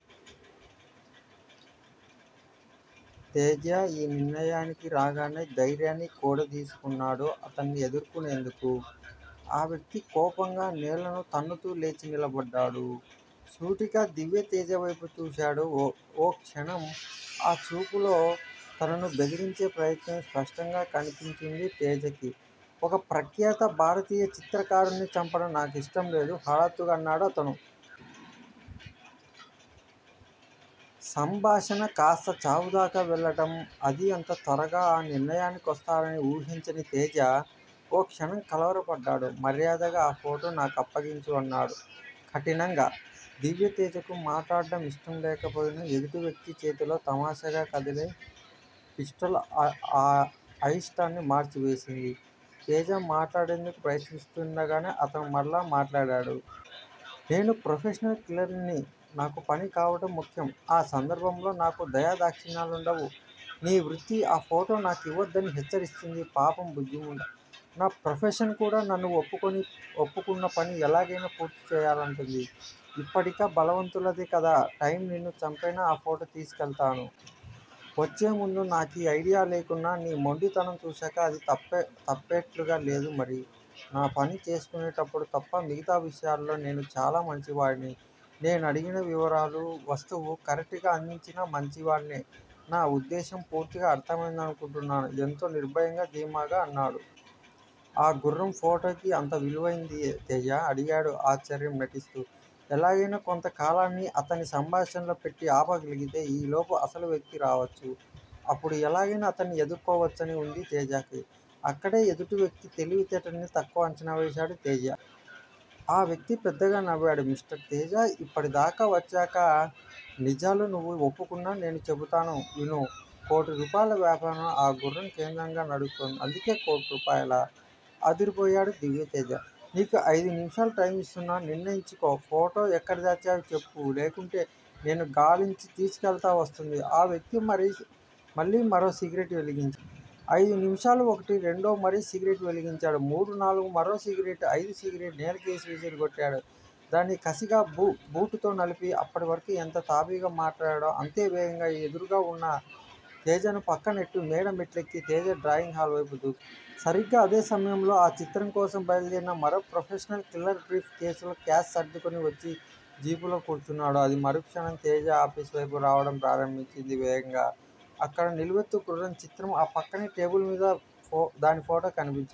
తేజ ఈ నిర్ణయానికి రాగానే ధైర్యాన్ని కూడదీసుకున్నాడు. అతన్ని ఎదుర్కొనేందుకు. ఆ వ్యక్తి కోపంగా నేలను తన్నుతూ లేచి నిలబడ్డాడు. సూటిగా దివ్యతేజ వేపు చూశాడు. ఓ క్షణం ఆ చూపులో తనను బెదిరించే ప్రయత్నం స్పష్టంగా కనిపించింది తేజకు. ఒక ప్రఖ్యాత భారతీయ చిత్రకారుణ్ణి చంపటం నాకిష్టంలేదు హఠాత్తుగా అన్నాడు అతను. సంభాషణ కాస్త చావుదాకా వెళ్ళటం__అదీ అంత త్వరగా, ఆ నిర్ణయానికొస్తాడని ఊహించని తేజ ఓ క్షణం కలవరపడ్డాడు. మర్యాదగా ఆ ఫోటో నాకప్పగించు అన్నాడు కఠినంగా. దివ్యతేజకు మాట్లాడటం ఇష్టంలేకపోయినా ఎదుటి వ్యక్తి చేతిలో తమాషాగా కదిలే పిస్టల్ ఆ అయిష్టాన్ని మార్చి వేసింది. తేజ మాట్లాడేందుకు ప్రయత్నిస్తుండగానే అతనే మరలా మాట్లాడాడు. నేనో ప్రొఫెషనల్ కిల్లర్ ని. నాకు పని కావటం ముఖ్యం. ఆ సందర్భంలో నాకు దయాదాక్షిణ్యాలుండవు. నీ వృత్తి ఆ ఫోటో నాకివ్వద్దని హెచ్చరిస్తుంది. పాపం బుజ్జిముండ. నా ప్రొఫెషన్ కూడా నన్ను ఒప్పుకున్న పని ఎలాగైనా పూర్తి చేయాలంటుంది. ఇప్పుడిక బలవంతులదే కదా టైమ్ నిన్ను చంపైనా ఆ ఫోటో తీసుకెళ్తాను. వచ్చే ముందు నాకీ ఐడియా లేకున్నా నీ మొండితనం చూసాక అది తప్పేట్లుగా లేదు మరి. నా పని చేసుకునేటప్పుడు తప్ప మిగతా విషయాల్లో నేను చాలా మంచివాడిని. నేనడిగిన వివరాలు, వస్తువు, కరెక్ట్ గా అందించినా మంచివాడ్నే. నా ఉద్దేశ్యం పూర్తిగా అర్ధమయిందనుకుంటాను ఎంతో నిర్భయంగా ధీమాగా అన్నాడు. ఆ గుర్రం ఫోటోకి అంత విలువుందా తేజ అడిగాడు ఆశ్చర్యం నటిస్తూ. ఎలాగైనా కొంత కాలాన్ని అతన్ని సంభాషణలో పెట్టి ఆపగలిగితే ఈలోపు అసలు వ్యక్తి రావచ్చు. అప్పుడు ఎలాగైనా అతన్ని ఎదుర్కోవచ్చని వుంది తేజకు. అక్కడే ఎదుటి వ్యక్తి తెలివి తేటల్ని తక్కువగా అంచనా వేసాడు తేజ. ఆ వ్యక్తి పెద్దగా నవ్వాడు. మిస్టర్ తేజ ఇక్కడదాకా వచ్చాక నిజాలు నువ్వు ఒప్పుకున్నా నేను చెబుతాను విను కోటి రూపాయల వ్యాపారం ఆ గుర్రం కేంద్రంగా నడుస్తోంది. అందుకే కోటిరూపాయలా? అదిరిపోయాడు దివ్యతేజ. నీకు ఐదు నిమిషాలే టైం ఇస్తున్నాను నిర్ణయించుకో ఫోటో ఎక్కడ దాచావో చెప్పు లేకుంటే నేను గాలించి తీసుకెళ్ళాల్సి వస్తుంది ఆ వ్యక్తి మళ్ళీ మరో సిగరెట్ వెలిగించాడు. అయిదు నిమిషాలు ఒకటి రెండు మరో సిగరెట్ వెలిగించాడు మూడు నాలుగు మరో సిగరెట్ ఐదు సిగరెట్ నేలకేసి విసిరికొట్టి దాన్ని కసిగా బూటుతో నలిపి, అప్పటి వరకు ఎంత తాపీగా మాట్లాడాడో, అంత వేగంగా ఎదురుగా వున్న తేజను పక్కకునెట్టి మేడ మెట్లెక్కి తేజ డ్రాయింగ్ హాల్ వేపు దూకాడు. సరిగ్గా అదే సమయంలో ఆ చిత్రం కోసం బయలుదేరిన మరో ప్రొఫెషనల్ కిల్లర్ బ్రీఫ్ కేసులో క్యాష్ సర్దుకొని వచ్చి జీపులో కూర్చున్నాడు. అది మరుక్షణం తేజ ఆఫీసు వేపు రావటం ప్రారంభించింది వేగంగా. అక్కడ నిలువెత్తు గుర్రం చిత్రం ఆ పక్కనే టేబుల్ మీద దాని ఫోటో కనిపించాయి.